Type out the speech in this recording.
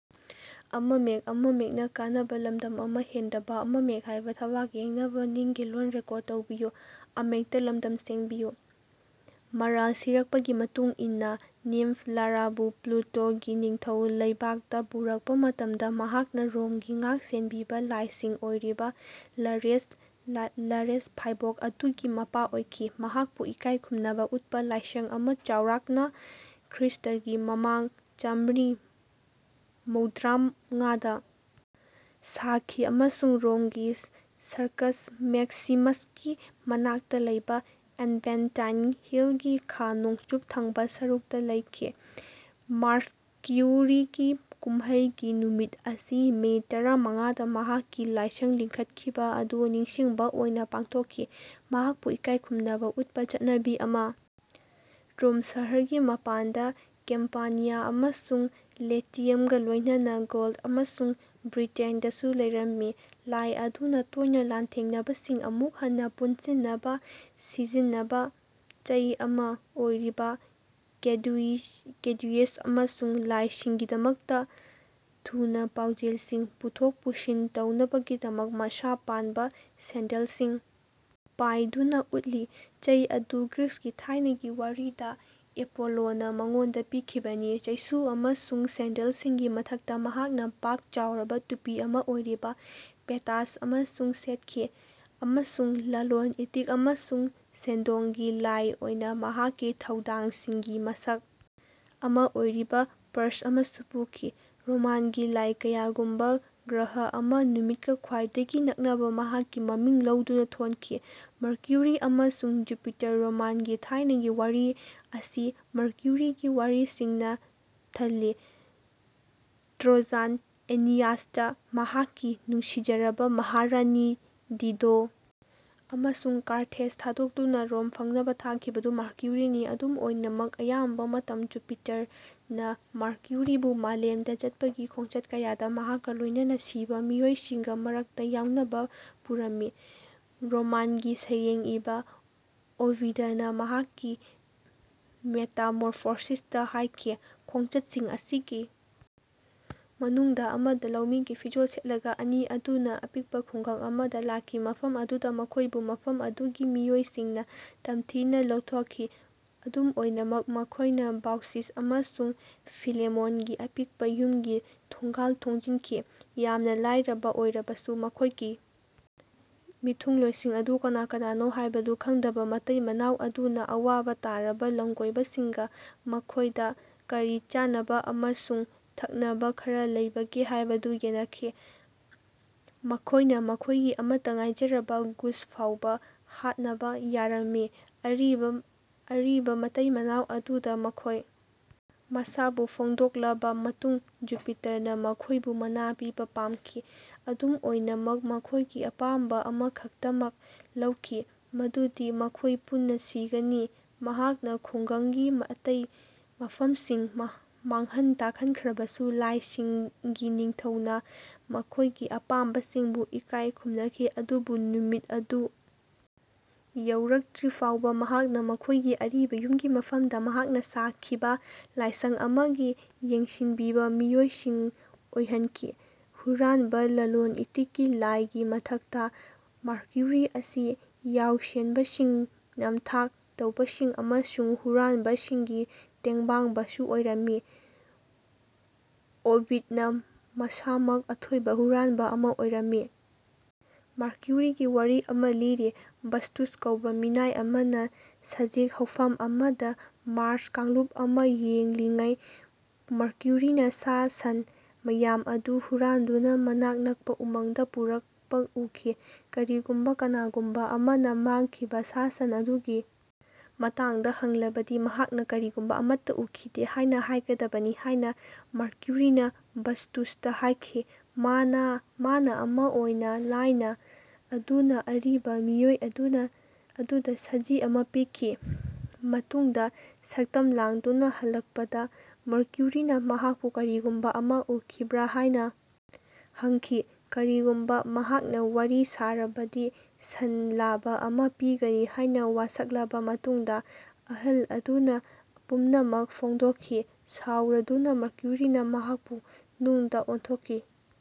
ꯃꯔꯥꯜ ꯁꯤꯔꯛꯄꯒꯤ ꯃꯇꯨꯡ ꯏꯟꯅ ꯅꯤꯝꯐ ꯂꯥꯔꯥꯕꯨ ꯄ꯭ꯂꯨꯇꯣꯒꯤ ꯅꯤꯡꯊꯧ ꯂꯩꯕꯥꯛꯇ ꯄꯨꯔꯛꯄ ꯃꯇꯝꯗ ꯃꯍꯥꯛꯅ ꯔꯣꯝꯒꯤ ꯉꯥꯛ ꯁꯦꯟꯕꯤꯕ ꯂꯥꯏꯁꯤꯡ ꯑꯣꯏꯔꯤꯕ ꯂꯥꯔꯦꯁ ꯐꯥꯏꯕꯣꯛ ꯑꯗꯨꯒꯤ ꯃꯄꯥ ꯑꯣꯏꯈꯤ꯫ ꯃꯍꯥꯛꯄꯨ ꯏꯀꯥꯏ ꯈꯨꯝꯅꯕ ꯎꯠꯄ ꯂꯥꯏꯁꯪ ꯑꯃ ꯆꯥꯎꯔꯥꯛꯅ ꯈ꯭ꯔꯤꯁ꯭ꯇꯒꯤ ꯃꯃꯥꯡ ꯆꯥꯃ꯭ꯔꯤ ꯃꯧꯗ꯭ꯔꯥꯉꯥꯗ ꯁꯥꯈꯤ ꯑꯃꯁꯨꯡ ꯔꯣꯝꯒꯤ ꯁꯔꯀꯁ ꯃꯦꯛꯁꯤꯃꯁꯀꯤ ꯃꯅꯥꯛꯇ ꯂꯩꯕ ꯑꯦꯚꯦꯟꯇꯥꯏꯟ ꯍꯤꯜꯒꯤ ꯈꯥ ꯅꯣꯡꯆꯨꯞ ꯊꯪꯕ ꯁꯔꯨꯛꯇ ꯂꯩꯈꯤ꯫ ꯃꯥꯔꯀ꯭ꯌꯨꯔꯤꯒꯤ ꯀꯨꯝꯍꯩꯒꯤ ꯅꯨꯃꯤꯠ ꯑꯁꯤ ꯃꯦ ꯇꯔꯥꯃꯉꯥꯗ ꯃꯍꯥꯛꯀꯤ ꯂꯥꯏꯁꯪ ꯂꯤꯡꯈꯠꯈꯤꯕ ꯑꯗꯨ ꯅꯤꯡꯁꯤꯡꯕ ꯑꯣꯏꯅ ꯄꯥꯡꯊꯣꯛꯈꯤ꯫ ꯃꯍꯥꯛꯄꯨ ꯏꯀꯥꯏ ꯈꯨꯝꯅꯕ ꯎꯠꯄ ꯆꯠꯅꯕꯤ ꯑꯃ ꯔꯣꯝ ꯁꯍꯔꯒꯤ ꯃꯄꯥꯟꯗ ꯀꯦꯝꯄꯥꯅꯤꯌꯥ ꯑꯃꯁꯨꯡ ꯂꯦꯇꯤꯌꯝꯒ ꯂꯣꯏꯅꯅ ꯒꯧꯜ ꯑꯃꯁꯨꯡ ꯕ꯭ꯔꯤꯇꯦꯟꯗꯁꯨ ꯂꯩꯔꯝꯃꯤ꯫ ꯂꯥꯏ ꯑꯗꯨꯅ ꯇꯣꯏꯅ ꯂꯥꯟꯊꯦꯡꯅꯕꯁꯤꯡ ꯑꯃꯨꯛ ꯍꯟꯅ ꯄꯨꯟꯁꯤꯟꯅꯕ ꯁꯤꯖꯤꯟꯅꯕ ꯆꯩ ꯑꯃ ꯑꯣꯏꯔꯤꯕ ꯀꯦꯗꯨꯁꯤꯌꯁ ꯑꯃꯁꯨꯡ ꯂꯥꯏꯁꯤꯡꯒꯤꯗꯃꯛꯇ ꯊꯨꯅ ꯄꯥꯎꯖꯦꯜꯁꯤꯡ ꯄꯨꯊꯣꯛ ꯄꯨꯁꯤꯟ ꯇꯧꯅꯕꯒꯤꯗꯃꯛ ꯃꯁꯥ ꯄꯥꯟꯕ ꯁꯦꯟꯗꯜꯁꯤꯡ ꯄꯥꯏꯗꯨꯅ ꯎꯠꯂꯤ꯫ ꯆꯩ ꯑꯗꯨ ꯒ꯭ꯔꯤꯛꯀꯤ ꯊꯥꯏꯅꯒꯤ ꯋꯥꯔꯤꯗ ꯑꯦꯄꯣꯂꯣꯅ ꯃꯉꯣꯟꯗ ꯄꯤꯈꯤꯕꯅꯤ꯫ ꯆꯩꯁꯨ ꯑꯃꯁꯨꯡ ꯁꯦꯟꯗꯜꯁꯤꯡꯒꯤ ꯃꯊꯛꯇ ꯃꯍꯥꯛꯅ ꯄꯥꯛ ꯆꯥꯎꯔꯕ ꯇꯨꯄꯤ ꯑꯃ ꯑꯣꯏꯔꯤꯕ ꯄꯦꯇꯥꯁꯁ ꯑꯃꯁꯨ ꯁꯦꯠꯈꯤ ꯑꯃꯁꯨꯡ ꯂꯂꯣꯟ ꯏꯇꯤꯛ ꯑꯃꯁꯨꯡ ꯁꯦꯟꯗꯣꯡꯒꯤ ꯂꯥꯏ ꯑꯣꯏꯅ ꯃꯍꯥꯛꯀꯤ ꯊꯧꯗꯥꯡꯁꯤꯡꯒꯤ ꯃꯁꯛ ꯑꯃ ꯑꯣꯏꯔꯤꯕ ꯄꯔ꯭ꯁ ꯑꯃꯁꯨ ꯄꯨꯈꯤ꯫ ꯔꯣꯃꯥꯟꯒꯤ ꯂꯥꯏ ꯀꯌꯥꯒꯨꯝꯅ ꯒ꯭ꯔꯍ ꯑꯃ ꯅꯨꯃꯤꯠꯀ ꯈ꯭ꯋꯥꯏꯗꯒꯤ ꯅꯛꯅꯕ ꯃꯍꯥꯛꯀꯤ ꯃꯃꯤꯡ ꯂꯧꯗꯨꯅ ꯊꯣꯟꯈꯤ꯫ ꯃꯔꯀ꯭ꯌꯨꯔꯤ ꯑꯃꯁꯨꯡ ꯖꯨꯄꯤꯇꯔ ꯔꯣꯃꯥꯟꯒꯤ ꯊꯥꯏꯅꯒꯤ ꯋꯥꯔꯤ ꯑꯁꯤ ꯃꯔꯀ꯭ꯌꯨꯔꯤꯒꯤ ꯋꯥꯔꯤꯁꯤꯡꯅ ꯊꯜꯂꯤ꯫ ꯇ꯭ꯔꯣꯖꯥꯟ ꯑꯦꯅꯤꯌꯥꯁꯇ ꯃꯍꯥꯛꯀꯤ ꯅꯨꯡꯁꯤꯖꯔꯕ ꯃꯍꯥꯔꯥꯅꯤ ꯗꯤꯗꯣ ꯑꯃꯁꯨꯡ ꯀꯥꯔꯊꯦꯖ ꯊꯥꯗꯣꯛꯇꯨꯅ ꯔꯣꯝ ꯐꯪꯅꯕ ꯊꯥꯈꯤꯕꯗꯨ ꯃꯥꯔꯀ꯭ꯌꯨꯔꯤꯅꯤ꯫ ꯑꯗꯨꯝ ꯑꯣꯏꯅꯃꯛ ꯑꯌꯥꯝꯕ ꯃꯇꯝꯗ ꯖꯨꯄꯤꯇꯔꯅ ꯃꯥꯔꯀ꯭ꯌꯨꯔꯤꯕꯨ ꯃꯥꯂꯦꯝꯗ ꯆꯠꯄꯒꯤ ꯈꯣꯡꯆꯠ ꯀꯌꯥꯗ ꯃꯍꯥꯛꯀ ꯂꯣꯏꯅꯅ ꯁꯤꯕ ꯃꯤꯑꯣꯏꯁꯤꯡꯒꯤ ꯃꯔꯛꯇ ꯌꯥꯎꯅꯕ ꯄꯨꯔꯝꯃꯤ꯫ ꯔꯣꯃꯥꯟꯒꯤ ꯁꯩꯔꯦꯡ ꯏꯕ ꯑꯣꯕꯤꯗꯅ ꯃꯍꯥꯛꯀꯤ ꯃꯦꯇꯥꯃꯣꯔꯐꯣꯁꯤꯁꯇ ꯍꯥꯏꯈꯤ ꯈꯣꯡꯆꯠꯁꯤꯡ ꯑꯁꯤꯒꯤ ꯃꯅꯨꯡꯗ ꯑꯃꯗ ꯂꯧꯃꯤꯒꯤ ꯐꯤꯖꯣꯜ ꯁꯦꯠꯂꯒ ꯑꯅꯤ ꯑꯗꯨꯅ ꯑꯄꯤꯛꯄ ꯈꯨꯡꯒꯪ ꯑꯃꯗ ꯂꯥꯛꯈꯤ ꯃꯐꯝ ꯑꯗꯨꯗ ꯃꯈꯣꯏꯕꯨ ꯃꯐꯝ ꯑꯗꯨꯒꯤ ꯃꯤꯑꯣꯏꯁꯤꯡꯅ ꯇꯝꯊꯤꯅ ꯂꯧꯊꯣꯛꯈꯤ꯫ ꯑꯗꯨꯝ ꯑꯣꯏꯅꯃꯛ ꯃꯈꯣꯏꯅ ꯕꯥꯎꯁꯤꯁ ꯑꯃꯁꯨꯡ ꯐꯤꯂꯦꯃꯣꯟꯒꯤ ꯑꯄꯤꯛꯄ ꯌꯨꯝꯒꯤ ꯊꯣꯡꯒꯥꯜ ꯊꯣꯡꯖꯤꯟꯈꯤ꯫ ꯌꯥꯝꯅ ꯂꯥꯏꯔꯕ ꯑꯣꯏꯔꯕꯁꯨ ꯃꯈꯣꯏꯒꯤ ꯃꯤꯊꯨꯡꯂꯣꯏꯁꯤꯡ ꯑꯗꯨ ꯀꯅꯥꯅꯣ ꯍꯥꯏꯕꯗꯨ ꯈꯪꯗꯕ ꯃꯇꯩ ꯃꯅꯥꯎ ꯑꯗꯨꯅ ꯑꯋꯥꯕ ꯇꯥꯔꯕ ꯂꯝꯀꯣꯏꯕꯁꯤꯡꯒ ꯃꯈꯣꯏꯗ ꯀꯔꯤ ꯆꯥꯅꯕ ꯑꯃꯁꯨꯡ ꯊꯛꯅꯕ ꯈꯔ ꯂꯩꯕꯒꯦ ꯍꯥꯏꯕꯗꯨ ꯌꯦꯟꯅꯈꯤ꯫ ꯃꯈꯣꯏꯅ ꯃꯈꯣꯏꯒꯤ ꯑꯃꯠꯇ ꯉꯥꯏꯔꯕ ꯒꯨꯁ ꯐꯥꯎꯕ ꯍꯥꯠꯅꯕ ꯌꯥꯔꯝꯃꯤ꯫ ꯑꯔꯤꯕ ꯃꯇꯩ ꯃꯅꯥꯎ ꯑꯗꯨꯗ ꯃꯈꯣꯏ ꯃꯁꯥꯕꯨ ꯐꯣꯡꯗꯣꯛꯂꯕ ꯃꯇꯨꯡꯗ ꯖꯨꯄꯤꯇꯔꯅ ꯃꯈꯣꯏꯕꯨ ꯃꯅꯥ ꯄꯤꯕ ꯄꯥꯝꯈꯤ꯫ ꯑꯗꯨꯝ ꯑꯣꯏꯅꯃꯛ ꯃꯈꯣꯏꯒꯤ ꯑꯄꯥꯝꯕ ꯑꯃꯈꯛꯇꯃꯛ ꯂꯩꯈꯤ ꯃꯗꯨꯗꯤ ꯃꯈꯣꯏ ꯄꯨꯟꯅ ꯁꯤꯒꯅꯤ꯫ ꯃꯍꯥꯛꯅ ꯈꯨꯡꯒꯪꯒꯤ ꯑꯇꯩ ꯃꯐꯝꯁꯤꯡ ꯃꯥꯡꯍꯟ ꯇꯥꯛꯍꯟꯈ꯭ꯔꯕꯁꯨ ꯂꯥꯏꯁꯤꯡꯒꯤ ꯅꯤꯡꯊꯧꯅ ꯃꯈꯣꯏꯒꯤ ꯑꯄꯥꯝꯕꯁꯤꯡꯕꯨ ꯏꯀꯥꯏ ꯈꯨꯝꯅꯈꯤ ꯑꯗꯨꯕꯨ ꯅꯨꯃꯤꯠ ꯑꯗꯨ ꯌꯧꯔꯛꯇ꯭ꯔꯤꯐꯥꯎꯕ ꯃꯍꯥꯛꯅ ꯃꯈꯣꯏꯒꯤ ꯑꯔꯤꯕ ꯌꯨꯝꯒꯤ ꯃꯐꯝꯗ ꯃꯍꯥꯛꯅ ꯁꯥꯈꯤꯕ ꯂꯥꯏꯁꯪ ꯑꯃꯒꯤ ꯌꯦꯡꯁꯤꯟꯕꯤꯕ ꯃꯤꯑꯣꯏꯁꯤꯡ ꯑꯣꯏꯍꯟꯈꯤ꯫ ꯍꯨꯔꯥꯟꯕ ꯂꯂꯣꯟ ꯏꯇꯤꯛꯀꯤ ꯂꯥꯏꯒꯤ ꯃꯊꯛꯇ ꯃꯥꯔꯀ꯭ꯌꯨꯔꯤ ꯑꯁꯤ ꯌꯥꯎꯁꯦꯟꯕꯁꯤꯡ ꯅꯝꯊꯥꯛ ꯇꯧꯕꯁꯤꯡ ꯑꯃꯁꯨꯡ ꯍꯨꯔꯥꯟꯕꯁꯤꯡꯒꯤ ꯇꯦꯡꯕꯥꯡꯕꯁꯨ ꯑꯣꯏꯔꯝꯃꯤ꯫ ꯑꯣꯚꯤꯗꯅ ꯃꯁꯥꯃꯛ ꯑꯊꯣꯏꯕ ꯍꯨꯔꯥꯟꯕ ꯑꯃꯥ ꯑꯣꯏꯔꯝꯕ ꯃꯔꯀ꯭ꯌꯨꯔꯤꯒꯤ ꯋꯥꯔꯤ ꯑꯃ ꯂꯤꯔꯤ꯫ ꯕꯠꯇꯨꯁ ꯀꯧꯕ ꯃꯤꯅꯥꯏ ꯑꯃꯅ ꯁꯖꯤꯛ ꯍꯧꯐꯝ ꯑꯃꯗ ꯃꯥꯔ꯭ꯁ ꯀꯥꯡꯂꯨꯞ ꯑꯃ ꯌꯦꯡꯂꯤꯉꯩꯗ ꯃꯔꯀ꯭ꯌꯨꯔꯤꯅ ꯁꯥ ꯁꯟ ꯃꯌꯥꯝ ꯑꯃ ꯍꯨꯔꯥꯟꯗꯨꯅ ꯃꯅꯥꯛ ꯅꯛꯄ ꯎꯃꯪꯗ ꯄꯨꯔꯛꯄ ꯎꯈꯤ꯫ ꯀꯔꯤꯒꯨꯝꯕ ꯀꯅꯥꯒꯨꯝꯕ ꯑꯃꯅ ꯃꯥꯡꯈꯤꯕ ꯁꯥ ꯁꯟ ꯑꯗꯨꯒꯤ ꯃꯇꯥꯡꯗ ꯍꯪꯂꯕꯗꯤ ꯃꯍꯥꯛꯅ ꯀꯔꯤꯒꯨꯝꯕ ꯑꯃꯠꯇ ꯎꯈꯤꯗꯦ ꯍꯥꯏꯅ ꯍꯥꯏꯒꯗꯕꯅꯤ ꯍꯥꯏꯅ ꯃꯥꯔꯀ꯭ꯌꯨꯔꯤꯅ ꯕꯠꯇꯨꯁꯇ ꯍꯥꯏꯈꯤ꯫ ꯃꯅꯥ ꯑꯃ ꯑꯣꯏꯅ ꯂꯥꯏ ꯑꯗꯨꯅ ꯑꯔꯤꯕ ꯃꯤꯑꯣꯏ ꯑꯗꯨꯗ ꯁꯖꯤ ꯑꯃ ꯄꯤꯈꯤ꯫ ꯃꯇꯨꯡꯗ ꯁꯛꯇꯝ ꯂꯥꯡꯗꯨꯅ ꯍꯜꯂꯛꯄꯗ ꯃꯔꯀ꯭ꯌꯨꯔꯤꯅ ꯃꯍꯥꯛꯄꯨ ꯀꯔꯤꯒꯨꯝꯕ ꯑꯃ ꯎꯈꯤꯕ꯭ꯔꯥ ꯍꯥꯏꯅ ꯍꯪꯈꯤ꯫ ꯀꯔꯤꯒꯨꯝꯕ ꯃꯍꯥꯛꯅ ꯋꯥꯔꯤ ꯁꯥꯔꯕꯗꯤ ꯁꯟ ꯂꯥꯕ ꯑꯃ ꯄꯤꯒꯅꯤ ꯍꯥꯏꯅ ꯋꯥꯁꯛꯂꯕ ꯃꯇꯨꯡꯗ ꯑꯍꯜ ꯑꯗꯨꯅ ꯄꯨꯝꯅꯃꯛ ꯐꯣꯡꯗꯣꯛꯈꯤ꯫ ꯁꯥꯎꯔꯗꯨꯅ ꯃꯔꯀ꯭ꯌꯨꯔꯤꯅ ꯃꯍꯥꯛꯄꯨ ꯅꯨꯡꯗ ꯑꯣꯟꯊꯣꯛꯈꯤ꯫